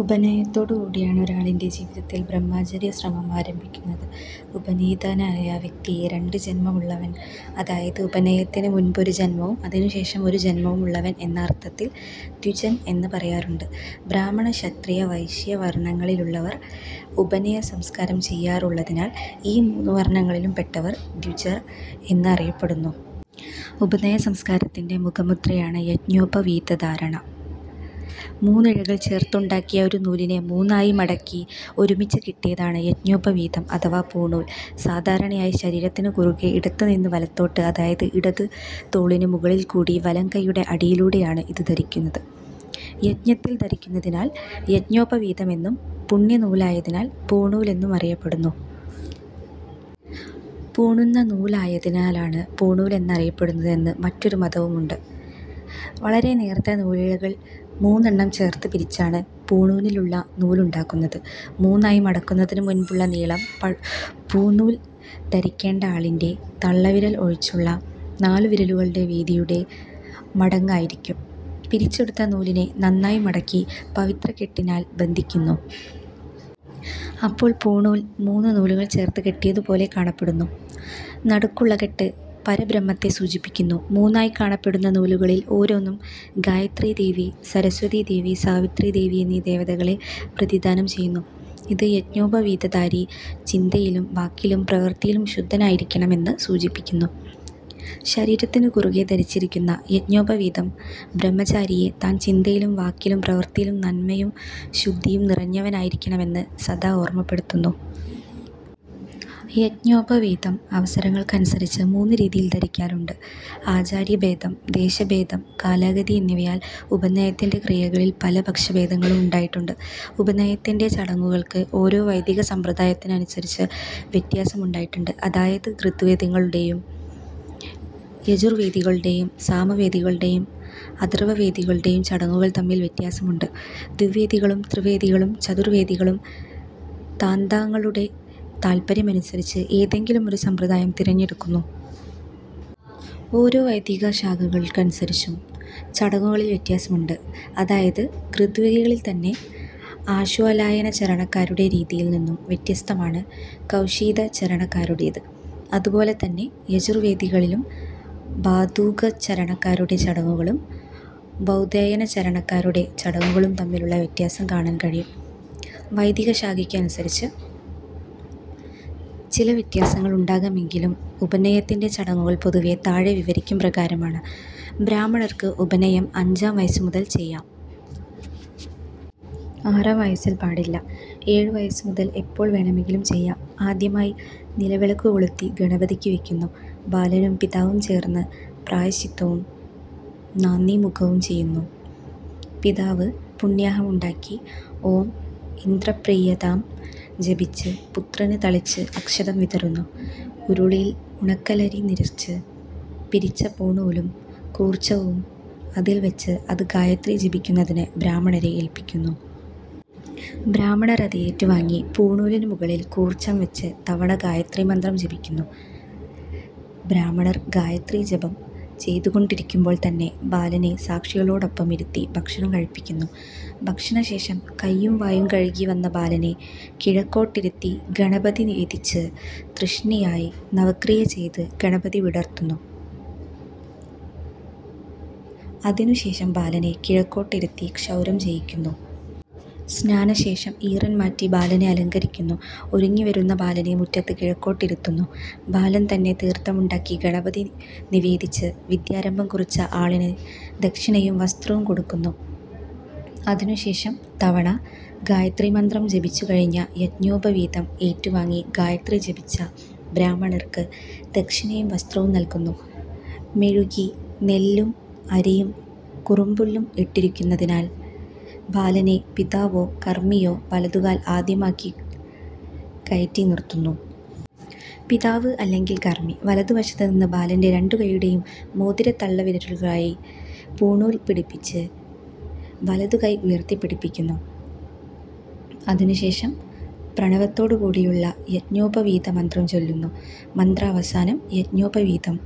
ഉപനയനത്തോടുകൂടിയാണ് ഒരാളിന്റെ ജീവിതത്തിൽ ബ്രഹ്മചര്യാശ്രമം ആരംഭിക്കുന്നത്. ഉപനീതനായ വ്യക്തിയെ 'രണ്ട് ജന്മം ഉള്ളവൻ', അതായത് ഉപനയനത്തിന് മുൻപ് ഒരു ജന്മവും അതിനുശേഷം ഒരു ജന്മവും ഉള്ളവൻ, എന്ന അർത്ഥത്തിൽ ദ്വിജൻ എന്ന് പറയാറുണ്ട്. ബ്രാഹ്മണക്ഷത്രിയവൈശ്യവർണങ്ങളിലുള്ളവർ ഉപനയനസംസ്കാരം ചെയ്യാറുള്ളതിനാൽ ഈ മൂന്നു വർണങ്ങളിലും പെട്ടവർ ദ്വിജർ എന്ന് അറിയപ്പെടുന്നു. ഉപനയനസംസ്കാരത്തിന്റെ മുഖമുദ്രയണ് യജ്ഞോപവീതധാരണം. മൂന്നിഴകൾചേർത്തുണ്ടാക്കിയ ഒരു നൂലിനെ മൂന്നായി മടക്കി ഒരുമിച്ച് കെട്ടിയതാണ് യജ്ഞോപവീതം അഥവാ പൂണൂൽ. സാധാരണയായി ശരീരത്തിനു കുറുകെ ഇടത്തുനിന്ന് വലത്തോട്ട്, അതായത് ഇടത് തോളിനു മുകളിൽക്കൂടി വലംകയ്യുടെ അടിയിലൂടെയാണ് ഇത് ധരിക്കുന്നത്. യജ്ഞത്തിൽ ധരിക്കുന്നതായതിനാൽ യജ്ഞോപവീതം എന്നും പുണ്യനൂലായതിനാൽ പൂണൂൽ എന്നും അറിയപ്പെടുന്നു. പൂണുന്ന നൂലായതിനാലാണ് പൂണൂൽ എന്ന് അറിയപ്പെടുന്നതെന്ന് മറ്റൊരു മതവുമുണ്ട്. വളരെ നേർത്ത നൂലിഴകൾ മൂന്നെണ്ണം ചേർത്ത് പിരിച്ചാണ് പൂണൂലിനുള്ള നൂലുണ്ടാക്കുന്നത്. മൂന്നായി മടക്കുന്നതിനു മുൻപുള്ള നീളം പൂണൂൽ ധരിക്കേണ്ട ആളിന്റെ തള്ളവിരൽ ഒഴിച്ചുള്ള നാലുവിരലുകളുടെ വീതിയുടെ മടങ്ങ് ആയിരിക്കും. പിരിച്ചെടുത്ത നൂലിനെ മൂന്നായി മടക്കി പവിത്രക്കെട്ടിനാൽ ബന്ധിക്കുന്നു. അപ്പോൾ പൂണൂൽ മൂന്ന് നൂലുകൾ ചേർത്ത് കെട്ടിയതുപോലെകാണപ്പെടുന്നു. നടുക്കുള്ള കെട്ട് പരബ്രഹ്മത്തെ സൂചിപ്പിക്കുന്നു. മൂന്നായി കാണപ്പെടുന്ന നൂലുകളിൽ ഓരോന്നും ഗായത്രീദേവി, സരസ്വതീദേവി സാവിത്രീദേവി, എന്നീ ദേവതകളെ പ്രതിനിധാനം ചെയ്യുന്നു. ഇത്, യജ്ഞോപവീതധാരി ചിന്തയിലും വാക്കിലും പ്രവൃത്തിയിലും ശുദ്ധനായിരിക്കണം എന്ന് സൂചിപ്പിക്കുന്നു. ശരീരത്തിനുകുറുകെ ധരിച്ചിരിക്കുന്ന യജ്ഞോപവീതം ബ്രഹ്മചാരിയെ താൻ ചിന്തയിലും വാക്കിലും പ്രവൃത്തിയിലും നന്മയും ശുദ്ധിയും നിറഞ്ഞവനായിരിക്കണമെന്ന് സദാ ഓർമപ്പെടുത്തുന്നു. യജ്ഞോപവീതം അവസരങ്ങൾക്കനുസരിച്ച് മൂന്ന് രീതിയിൽ ധരിക്കാറുണ്ട്. ആചാര്യഭേദം, ദേശഭേദം, കാലഗതി എന്നിവയാൽ ഉപനയനത്തിന്റെ ക്രിയകളിൽ പല പക്ഷഭേദങ്ങളും ഉണ്ടായിട്ടുണ്ട്. ഉപനയനത്തിന്റെ ചടങ്ങുകൾക്ക് ഓരോ വൈദികസമ്പ്രദായമനുസരിച്ചും വ്യത്യാസമുണ്ടായിട്ടുണ്ടു്. അതായത് ഋഗ്വേദികളുടെയും യജുർവേദികളുടെയും സാമവേദികളുടെയും അഥർവവേദികളുടെയും ചടങ്ങുകൾ തമ്മിൽ വ്യത്യാസമുണ്ട്. ദ്വിവേദികളും ത്രിവേദികളും ചതുർവേദികളും താന്താങ്ങളുടെ താൽപര്യമനുസരിച്ച് ഏതെങ്കിലും ഒരു സമ്പ്രദായം തിരഞ്ഞെടുക്കുന്നു. ഓരോ വൈദികശാഖയ്ക്കനുസരിച്ചും ചടങ്ങുകളിൽ വ്യത്യാസമുണ്ട്. അതായത്, ഋഗ്വേദികളിൽത്തന്നെ ആശ്വലായനചരണക്കാരുടെ രീതിയിൽ നിന്നും വ്യത്യസ്തമാണ് കൗഷീതകചരണക്കാരുടേത്. അതുപോലെതന്നെ യജുർവേദികളിലും ബാധൂലകചരണക്കാരുടെ ചടങ്ങുകളും ബൗധായനചരണക്കാരുടെ ചടങ്ങുകളും തമ്മിലും വ്യത്യാസം കാണാൻ കഴിയും. വൈദികശാഖയനുസരിച്ച് ചിലവ്യത്യാസങ്ങൾ ഉണ്ടാകാമെങ്കിലും ഉപനയനത്തിന്റെ ചടങ്ങുകൾ പൊതുവെ താഴെ വിവരിക്കും പ്രകാരമാണ്. ബ്രാഹ്മണർക്ക് ഉപനയനം അഞ്ചാം വയസ്സുമുതൽ ചെയ്യാം. ആറാം വയസ്സിൽ പാടില്ല. ഏഴുവയസ്സുമുതൽ എപ്പോൾ വേണമെങ്കിലും ചെയ്യാം. ആദ്യമായി നിലവിളക്കുകൊളുത്തി ഗണപതിക്ക് വയ്ക്കുന്നു. ബാലനും പിതാവും ചേർന്ന് പ്രായശ്ചിത്തവും നാന്ദീമുഖവും ചെയ്യുന്നു. പിതാവ് പുണ്യാഹമുണ്ടാക്കി "ഓം ഇന്ദ്രപ്രീയതാം" ജപിച്ച് പുത്രന് തളിച്ച് അക്ഷതം വിതറുന്നു. ഉരുളിയിൽ ഉണക്കലരി നിറച്ച് പിരിച്ച പൂണൂലും കൂർച്ചവും അതിൽ വച്ച് അത് ഗായത്രി ജപിക്കുന്നതിന് ബ്രാഹ്മണരെ ഏല്പിക്കുന്നു. ബ്രാഹ്മണർ അത് ഏറ്റുവാങ്ങി പൂണൂലിനുമുകളിൽ കൂർച്ചം വച്ച് തവണ ഗായത്രീമന്ത്രം ജപിക്കുന്നു.. ബ്രാഹ്മണർ ഗായത്രീജപം ചെയ്തുകൊണ്ടിരിക്കുമ്പോൾത്തന്നെ ബാലനെ സാക്ഷികളോടൊപ്പം ഇരുത്തി ഭക്ഷണം കഴിപ്പിക്കുന്നു. ഭക്ഷണശേഷം കൈയും വായും കഴുകിവന്ന ബാലനെ കിഴക്കോട്ടിരുത്തി ഗണപതിനിവേദിച്ച് തുഷ്ണിയായി നവക്രിയചെയ്ത് ഗണപതി വിടുർത്തുന്നു. അതിനു് ശേഷം ബാലനെ കിഴക്കോട്ടിരുത്തി ക്ഷൗരം ചെയ്യിക്കുന്നു. സ്നാനശേഷം ഈറൻ മാറ്റി ബാലനെ അലങ്കരിക്കുന്നു. ഒരുങ്ങിവരുന്ന ബാലനെ മുറ്റത്ത് കിഴക്കോട്ടിരുത്തുന്നു. ബാലൻ തന്നെ തീർഥമുണ്ടാക്കി ഗണപതി നിവേദിച്ച് വിദ്യാരംഭം കുറിച്ച ആളിന് ദക്ഷിണയും വസ്ത്രവും കൊടുക്കുന്നു. അതിനുശേഷം തവണ ഗായത്രീമന്ത്രം ജപിച്ചുകഴിഞ്ഞ യജ്ഞോപവീതം ഏറ്റുവാങ്ങി ഗായത്രി ജപിച്ച ബ്രാഹ്മണർക്ക് ദക്ഷിണയും വസ്ത്രവും നൽകുന്നു. മെഴുകി നെല്ലും അരിയും കുറുമ്പുല്ലും ഇട്ടിരിക്കുന്നതിൽ ബാലനെ പിതാവോ കർമിയോ വലതുകാൽ ആദ്യമാക്കി കയറ്റി നിർത്തുന്നു. പിതാവ് അല്ലെങ്കിൽ കർമി വലതുവശത്തുനിന്ന് ബാലന്റെ രണ്ടുകയ്യുടെയും മോതിര-തള്ളവിരലുകലായി പൂണുനൂൽ പിടിപ്പിച്ച് വലതുകൈ ഉയർത്തിപ്പിടിപ്പിക്കുന്നു. അതിനു് ശേഷം പ്രണവത്തോടുകൂടിയുള്ള യജ്ഞോപവീതമന്ത്രം ചൊല്ലുന്നു. മന്ത്രാവസാനം യജ്ഞോപവീതം